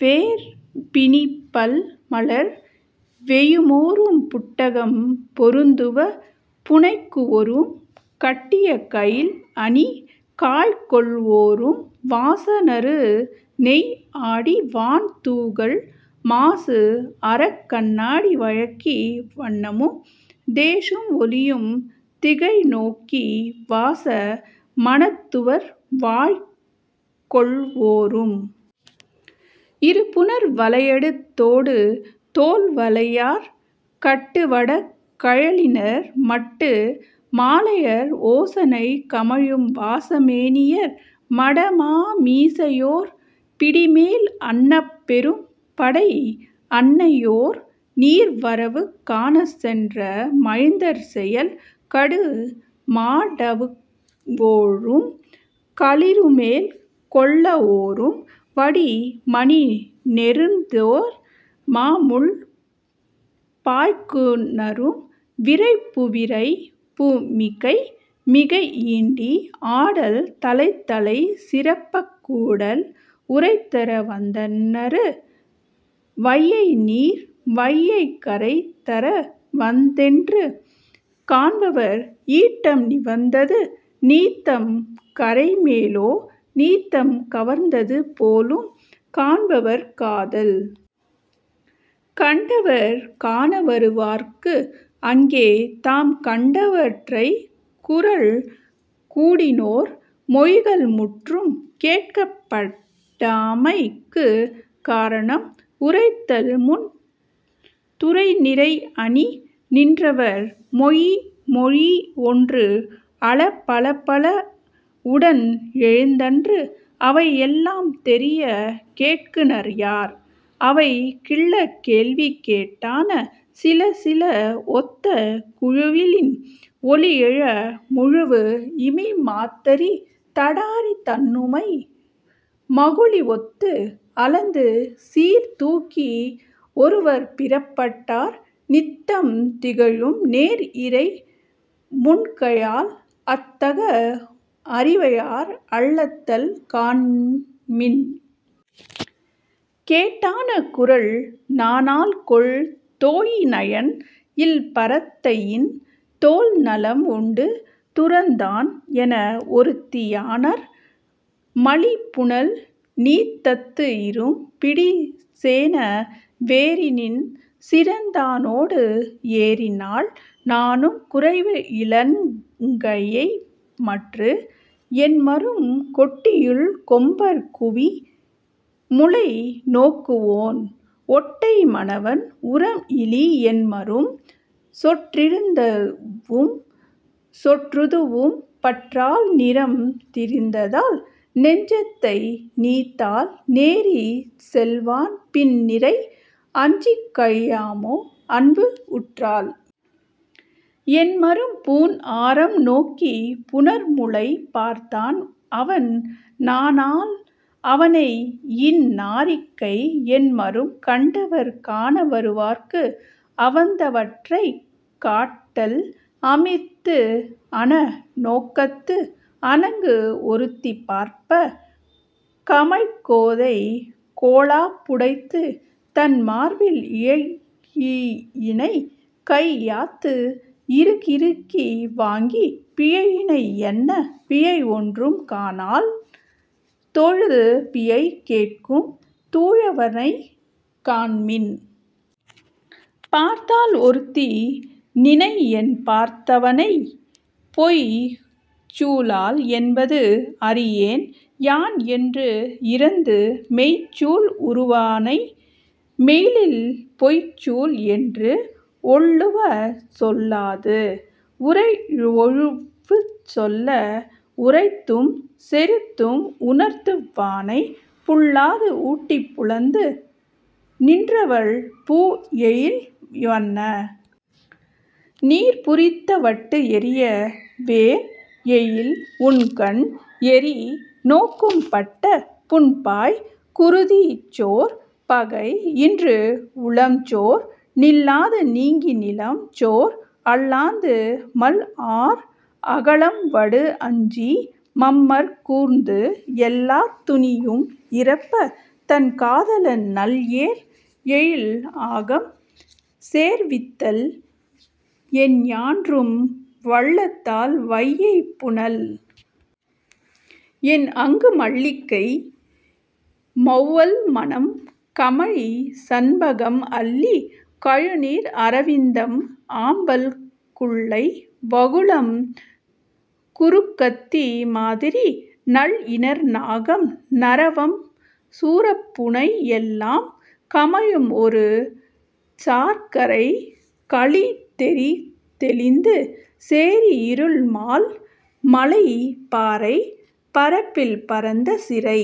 வேர் பிணி பல் மலர் வேயுமோரும் புட்டகம் பொருந்துவ புனைகுவோரும் கட்டிய கயில் அணி காழ் கொள்வோரும் வாச நறு நெய் ஆடி வான் துகள் மாசு அறக் கண்ணாடி வயக்கி வண்ணமும் தேசும் ஒளியும் திகழ நோக்கி வாச மணத் துவர் வாய்க் கொள்வோரும் இடு புணர் வளையடு தொடு தோள்வளையார் கட்டு வடக் கழலினர் மட்டு மாலையர் ஓசனை கமழும் வாச மேனியர் மட மா மிசையோர் பிடிமேல் அன்னப் பெரும் படை அனையோர் நீர் வரவு காணச் சென்ற மைந்தர் செயல் கடு மா டவுவோரும், களிறுமேல் கொள்வோரும் வடி மணி நெடுந் தேர் மா முள் பாய்க்குநரும் விரைபு விரைபு மிகை மிகை ஈண்டி, ஆடல் தலைத்தலை சிறப்ப கூடல் உரைதர வந்தன்று வையை நீர் வையைக் கரை தர வந்தன்று காண்பவர் ஈட்டம் நிவந்தது நீத்தம் கரைமேலா நீத்தம் கவர்ந்தது போலும் காண்பவர் காதல். கண்டவர் காணவருவார்க்கு அங்கே தாம் கண்டவற்றைக் கூறல் கூடினோர் மொழிகள் முற்றும் கேட்கப்படாமைக்குக் காரணம் உரைத்தல் முன் துறை நிறை அணி நின்றவர் மொழி மொழி ஒன்று அல பலபல உடன் எழுந்தன்று அவை எல்லாம் தெரியக் கேட்குநர் யார்? அவை கில்ல கேள்வி கேட்டன சிலசில ஒத்த குழலின் ஒலி எழ முழவு இமிழ் மத்தரி தடாரி தண்ணுமை மகுளி ஒத்து அளந்து சீர் தூக்கி ஒருவர் பிற்படார் நித்தம் திகழும் நேர் இறை முன்கையால் அத் தக அரிவையார் அளத்தல் காண்மின். கேட்டன கூறல் நாணாள்கொல் தோழி நயன் இல் பரத்தையின் தோள் நலம் உண்டு துறந்தான் என ஒருத்தி யாணர் மலி புனல் நீத்தத்து இரும் பிடி சேண வெரிநின் சிறந்தானோடு ஏறினாள் நாணுக் குறைவு இலள் நங்கை மற்று? என்மரும் கோட்டியுள் கொம்பர் குவி முலை நோக்குவோன் ஓட்டை மனவன் உரம் இலி என்மரும் சொறிந்ததூஉம் சொற்றதூஉம் பற்றாள் நிறம் திரிந்தாள் நெஞ்சத்தை நீத்தாள் நெறி செல்வான் பின் நிறை அஞ்சிக் கழியாமோ அன்பு உற்றால்? என்மரும் பூண் ஆரம் நோக்கிப் புணர் முலை பார்த்தான் உவன் நாணாள் அவனை இந் நாரிகை என்மரும் கண்டவர் காண வருவார்க்கு உவந்தவற்றைக் காட்டல் அமிர்து அன நோக்கத்து அணங்கு ஒருத்தி பார்ப்ப, கமழ் கோதை கோலாப் புடைத்து, தன் மார்பில் இழையினைக் கை யாத்து இறுகிறுக்கி வாங்கி பிழையினை என்ன பிழை ஒன்றும் காணான் தொழுது பிழை கேட்கும் தூயவனைக் காண்மின். பார்த்தாள் ஒருத்தி நினை எனபார்த்தவளைப் பொய்ச் சூளாள் என்பது அறியேன் யான் என்று இரந்து மெய்ச் சூள் உறுவானை மெலியல் பொய்ச் சூள் என்று ஒல்லுவ சொல்லாது, உரை வழுவச் சொல்ல உறைத்தும் செறுத்தும் உணர்த்துவானைப் புல்லாது ஊடிப் புலந்து நின்றவள் பூ எழில் வண்ண நீர் பூரித்த வட்டு எறிய, வேல் எழில் உண்கண் எறி நோக்கம் பட்ட புண் பாய் குருதி சோர, பகை இன்று உளம் சோர, நில்லாது நீங்கி நிலம் சோர அல்லாந்து மல் ஆர் அகலம் வடு அஞ்சி, மம்மர் கூர்ந்து, எல்லாத் துனியும் இறப்ப, தன் காதலன் நல் ஏர் எழில் ஆகம் சேர்வித்தல் எஞ்ஞான்றும் வல்லதால் வையைப் புனல். என ஆங்கு மல்லிகை மௌவல் மணம் கமழ் சண்பகம் அல்லி கழுநீர் அரவிந்தம் ஆம்பல் குல்லை வகுளம் குருக்கத்தி பாதிரி நல் இணர் நாகம் நறவம் சுரபுன்னை எல்லாம் கமழும் இரு சார் கரை கலிழ தேறித் தெளிந்து செறி இருள் மால் மலை பாறைப் பரப்பில் பரந்த சிறை